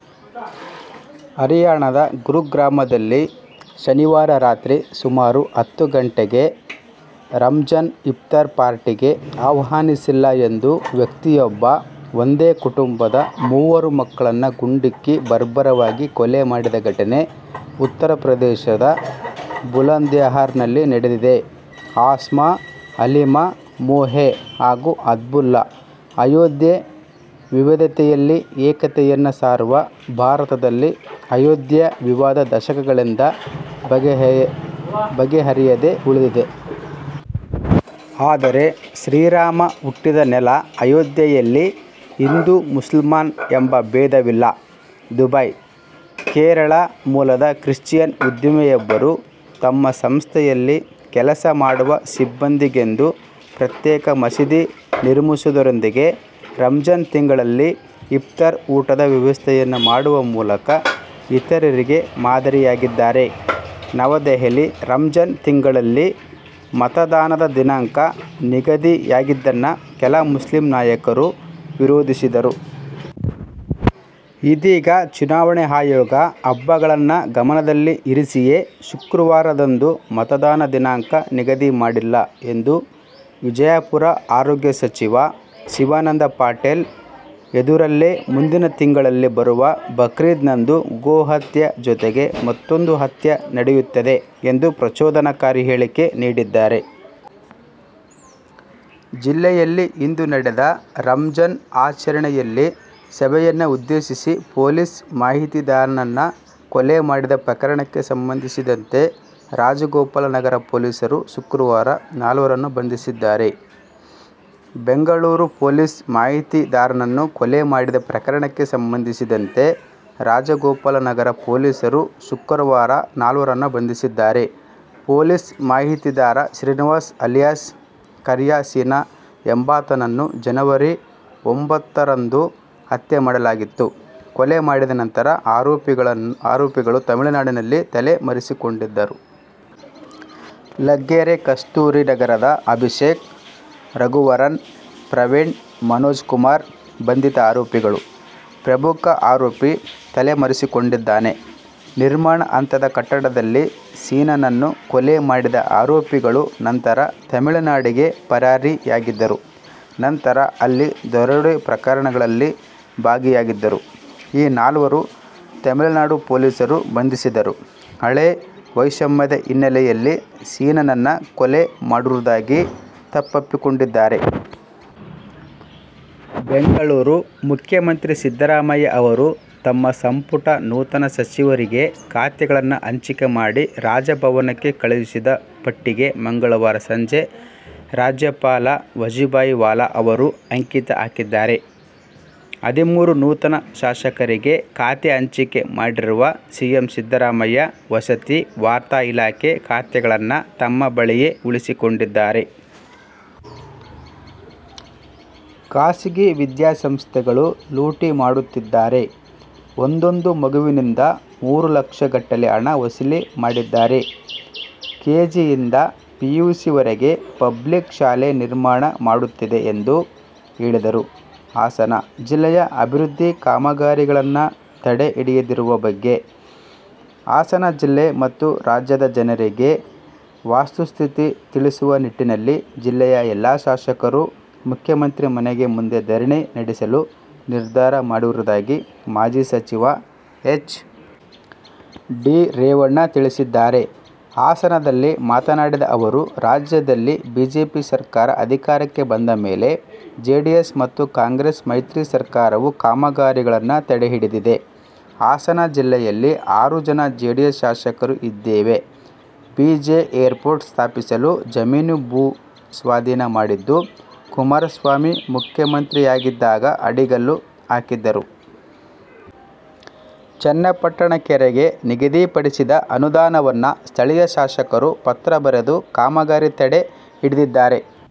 ಹರಿಯಾಣದ ಗುರುಗ್ರಾಮದಲ್ಲಿ ಶನಿವಾರ ರಾತ್ರಿ ಸುಮಾರು ಹತ್ತು ಗಂಟೆಗೆ ರಂಜಾನ್ನ ಇಫ್ತಾರ್ ಪಾರ್ಟಿಗೆ ಆಹ್ವಾನಿಸಿಲ್ಲ ಎಂದು ವ್ಯಕ್ತಿಯೊಬ್ಬ ಒಂದೇ ಕುಟುಂಬದ ಮೂವರು ಮಕ್ಕಳನ್ನು ಗುಂಡಿಕ್ಕಿ ಬರ್ಬರವಾಗಿ ಕೊಲೆ ಮಾಡಿದ ಘಟನೆ ಉತ್ತರ ಪ್ರದೇಶದ ಬುಲಂದ್ಶಹರ್ ನಲ್ಲಿ ನಡೆದಿದೆ. ಆಸ್ಮಾ, ಅಲೀಮಾ ಮೋಹೆ ಹಾಗೂ ಅಬ್ದುಲ್ಲಾ ಅಯೋಧ್ಯೆ: ವಿವಿಧತೆಯಲ್ಲಿ ಏಕತೆಯನ್ನು ಸಾರುವ ಭಾರತದಲ್ಲಿ ಅಯೋಧ್ಯೆ ವಿವಾದ ದಶಕಗಳಿಂದ ಬಗೆಹರಿಯದೆ ಉಳಿದಿದೆ. ಆದರೆ ಶ್ರೀರಾಮ ಹುಟ್ಟಿದ ನೆಲ ಅಯೋಧ್ಯೆಯಲ್ಲಿ ಹಿಂದೂ-ಮುಸಲ್ಮಾನ್ ಎಂಬ ಭೇದವಿಲ್ಲ. ದುಬೈ: ಕೇರಳ ಮೂಲದ ಕ್ರಿಶ್ಚಿಯನ್ ಉದ್ಯಮಿಯೊಬ್ಬರು ತಮ್ಮ ಸಂಸ್ಥೆಯಲ್ಲಿ ಕೆಲಸ ಮಾಡುವ ಸಿಬ್ಬಂದಿಗೆಂದು ಪ್ರತ್ಯೇಕ ಮಸೀದಿ ನಿರ್ಮಿಸುವುದರೊಂದಿಗೆ ರಂಜಾನ್ ತಿಂಗಳಲ್ಲಿ ಇಫ್ತಾರ್ ಊಟದ ವ್ಯವಸ್ಥೆಯನ್ನು ಮಾಡುವ ಮೂಲಕ ಇತರರಿಗೆ ಮಾದರಿಯಾಗಿದ್ದಾರೆ. ನವದೆಹಲಿ: ರಂಜಾನ್ ತಿಂಗಳಲ್ಲಿ ಮತದಾನದ ದಿನಾಂಕ ನಿಗದಿಯಾಗಿದ್ದನ್ನು ಕೆಲ ಮುಸ್ಲಿಂ ನಾಯಕರು ವಿರೋಧಿದ್ದರು. ಇದೀಗ ಚುನಾವಣೆ ಆಯೋಗ ಹಬ್ಬಗಳನ್ನು ಗಮನದಲ್ಲಿ ಇರಿಸಿಯೇ ಶುಕ್ರವಾರದಂದು ಮತದಾನ ದಿನಾಂಕ ನಿಗದಿ ಮಾಡಿಲ್ಲ ಎಂದು. ವಿಜಯಪುರ: ಆರೋಗ್ಯ ಸಚಿವ ಶಿವಾನಂದ ಪಾಟಿಲ್ ಎದುರಲ್ಲೇ ಮುಂದಿನ ತಿಂಗಳುಗಳಲ್ಲಿ ಬರುವ ಬಕ್ರೀದ್ ನಂದು ಗೋ ಹತ್ಯೆಯ ಜೊತೆಗೆ ಮತ್ತೊಂದು ಹತ್ಯೆ ನಡೆಯುತ್ತದೆ ಎಂದು ಪ್ರಚೋದನಾಕಾರಿ ಹೇಳಿಕೆ ನೀಡಿದ್ದಾರೆ. ಜಿಲ್ಲೆಯಲ್ಲಿ ಇಂದು ನಡೆದ ರಂಜಾನ್ ಆಚರಣೆಯಲ್ಲಿ ಸಭೆಯನ್ನು ಉದ್ದೇಶಿಸಿ ಪೊಲೀಸ್ ಮಾಹಿತಿದಾರನನ್ನು ಕೊಲೆ ಮಾಡಿದ್ದ ಪ್ರಕರಣಕ್ಕೆ ಸಂಬಂಧಿಸಿದಂತೆ ರಾಜಗೋಪಾಲನಗರ ಪೊಲೀಸರು ಶುಕ್ರವಾರ ನಾಲ್ವರನ್ನು ಬಂಧಿಸಿದ್ದಾರೆ. ಬೆಂಗಳೂರು: ಪೊಲೀಸ್ ಮಾಹಿತಿದಾರನನ್ನು ಕೊಲೆ ಮಾಡಿದ್ದ ಪ್ರಕರಣಕ್ಕೆ ಸಂಬಂಧಿಸಿದಂತೆ ರಾಜಗೋಪಾಲನಗರ ಪೊಲೀಸರು ಶುಕ್ರವಾರ ನಾಲ್ವರನ್ನು ಬಂಧಿಸಿದ್ದಾರೆ. ಪೊಲೀಸ್ ಮಾಹಿತಿದಾರ ಶ್ರೀನಿವಾಸ್ ಅಲಿಯಾಸ್ ಕರಿಯ ಸೀನ ಎಂಬಾತನನ್ನು ಜನವರಿ ಒಂಭತ್ತರಂದು ಹತ್ಯೆ ಮಾಡಲಾಗಿತ್ತು, ಕೊಲೆ ಮಾಡಿದ ನಂತರ ಆರೋಪಿಗಳು ತಮಿಳುನಾಡಿನಲ್ಲಿ ತಲೆ ಮರೆಸಿಕೊಂಡಿದ್ದರು. ಲಗ್ಗೆರೆ ಕಸ್ತೂರಿ ನಗರದ ಅಭಿಷೇಕ್, ರಘುವರನ್, ಪ್ರವೀಣ್, ಮನೋಜ್ ಕುಮಾರ್ ಬಂಧಿತ ಆರೋಪಿಗಳು, ಪ್ರಮುಖ ಆರೋಪಿ ತಲೆ ಮರೆಸಿಕೊಂಡಿದ್ದಾನೆ. ನಿರ್ಮಾಣ ಹಂತದ ಕಟ್ಟಡದಲ್ಲಿ ಸೀನನನ್ನು ಕೊಲೆ ಮಾಡಿದ ಆರೋಪಿಗಳು ನಂತರ ತಮಿಳುನಾಡಿಗೆ ಪರಾರಿಯಾಗಿದ್ದರು. ನಂತರ ಅಲ್ಲಿ ದರೋಡೆ ಪ್ರಕರಣಗಳಲ್ಲಿ ಭಾಗಿಯಾಗಿದ್ದರು. ಈ ನಾಲ್ವರನ್ನು ತಮಿಳುನಾಡು ಪೊಲೀಸರು ಬಂಧಿಸಿದ್ದರು, ಹಳೇ ವೈಷಮ್ಯದ ಹಿನ್ನೆಲೆಯಲ್ಲಿ ಸೀನನನ್ನು ಕೊಲೆ ಮಾಡಿರುವುದಾಗಿ ತಪ್ಪೊಪ್ಪಿಕೊಂಡಿದ್ದಾರೆ. ಬೆಂಗಳೂರು: ಮುಖ್ಯಮಂತ್ರಿ ಸಿದ್ದರಾಮಯ್ಯ ಅವರು ತಮ್ಮ ಸಂಪುಟ ನೂತನ ಸಚಿವರಿಗೆ ಖಾತೆಗಳನ್ನು ಹಂಚಿಕೆ ಮಾಡಿ ರಾಜಭವನಕ್ಕೆ ಕಳುಹಿಸಿದ್ದ ಪಟ್ಟಿಗೆ ಮಂಗಳವಾರ ಸಂಜೆ ರಾಜ್ಯಪಾಲ ವಜುಭಾಯಿ ವಾಲಾ ಅವರು ಅಂಕಿತ ಹಾಕಿದ್ದಾರೆ. ಹದಿಮೂರು ನೂತನ ಶಾಸಕರಿಗೆ ಖಾತೆ ಹಂಚಿಕೆ ಮಾಡಿರುವ ಸಿಎಂ ಸಿದ್ದರಾಮಯ್ಯ ವಸತಿ, ವಾರ್ತಾ ಇಲಾಖೆ ಖಾತೆಯನ್ನು ತಮ್ಮ ಬಳಿಯೇ ಉಳಿಸಿಕೊಂಡಿದ್ದಾರೆ. ಖಾಸಗಿ ವಿದ್ಯಾಸಂಸ್ಥೆಗಳು ಲೂಟಿ ಮಾಡುತ್ತಿದ್ದಾರೆ. ಒಂದೊಂದು ಮಗುವಿನಿಂದ ಮೂರು ಲಕ್ಷ ಗಟ್ಟಲೆ ಹಣ ವಸೂಲಿ ಮಾಡಿದ್ದಾರೆ. ಕೆ. ಜಿ ಯಿಂದ ಪಿ. ಯು. ಸಿ ವರೆಗೆ ಪ್ಲಬಿಕ್ ಶಾಲೆ ನಿರ್ಮಾಣ ಮಾಡುತ್ತಿದ್ದೆ ಎಂದು ಹೇಳಿದರು. ಹಾಸನ; ಜಿಲ್ಲೆಯ ಅಭಿವೃದ್ಧಿ ಕಾಮಗಾರಿಗಳನ್ನು ತಡೆ ಹಿಡಿದಿರುವ ಬಗ್ಗೆ ಹಾಸನ ಜಿಲ್ಲೆಯ ಮತ್ತು ರಾಜ್ಯದ ಜನರಿಗೆ ವಸ್ತುಸ್ಥಿತಿ ತಿಳಿಸುವ ನಿಟ್ಟಿನಲ್ಲಿ ಜಿಲ್ಲೆಯ ಎಲ್ಲಾ ಶಾಸಕರು ಮುಖ್ಯಮಂತ್ರಿ ಮನೆ ಮುಂದೆ ದರಣಿ ನಡೆಸಲು ನಿರ್ಧಾರ ಮಾಡಿರುವುದಾಗಿ ಮಾಜಿ ಸಚಿವ ಹೆಚ್. ಡಿ. ರೇವಣ್ಣ ತಿಳಿಸಿದ್ದಾರೆ. ಹಾಸನದಲ್ಲಿ ಮಾತನಾಡಿದ ಅವರು, ರಾಜ್ಯದಲ್ಲಿ ಬಿಜೆಪಿ ಸರಕಾರ ಅಧಿಕಾರಕ್ಕೆ ಬಂದ ಮೇಲೆ ಜೆಡಿಎಸ್ ಮತ್ತು ಕಾಂಗ್ರೆಸ್ ಮೈತ್ರಿ ಸರ್ಕಾರವು ಕಾಮಗಾರಿಗಳನ್ನು ತಡೆಹಿಡಿದಿದೆ. ಹಾಸನ ಜಿಲ್ಲೆಯಲ್ಲಿ ಆರು ಜನ ಜೆಡಿಎಸ್ ಶಾಸಕರು ಇದ್ದೇವೆ. ಬಿ. ಜೆ. ಏರ್ ಪೋರ್ಟ್ ಸ್ಥಾಪಿಸಲು ಜಮೀನು ಭೂ ಸ್ವಾಧೀನ ಮಾಡಿದ್ದು, ಕುಮಾರಸ್ವಾಮಿ ಮುಖ್ಯಮಂತ್ರಿಯಾಗಿದ್ದಾಗ ಅಡಿಗಲ್ಲು ಹಾಕಿದ್ದರು. ಚನ್ನಪಟ್ಟಣ ಕೆರೆಗೆ ನಿಗದಿಪಡಿಸಿದ ಅನುದಾನವನ್ನು ಸ್ಥಳೀಯ ಶಾಸಕರು ಪತ್ರ ಬರೆದು ಕಾಮಗಾರಿ ತಡೆ ಹಿಡಿದಿದ್ದಾರೆ.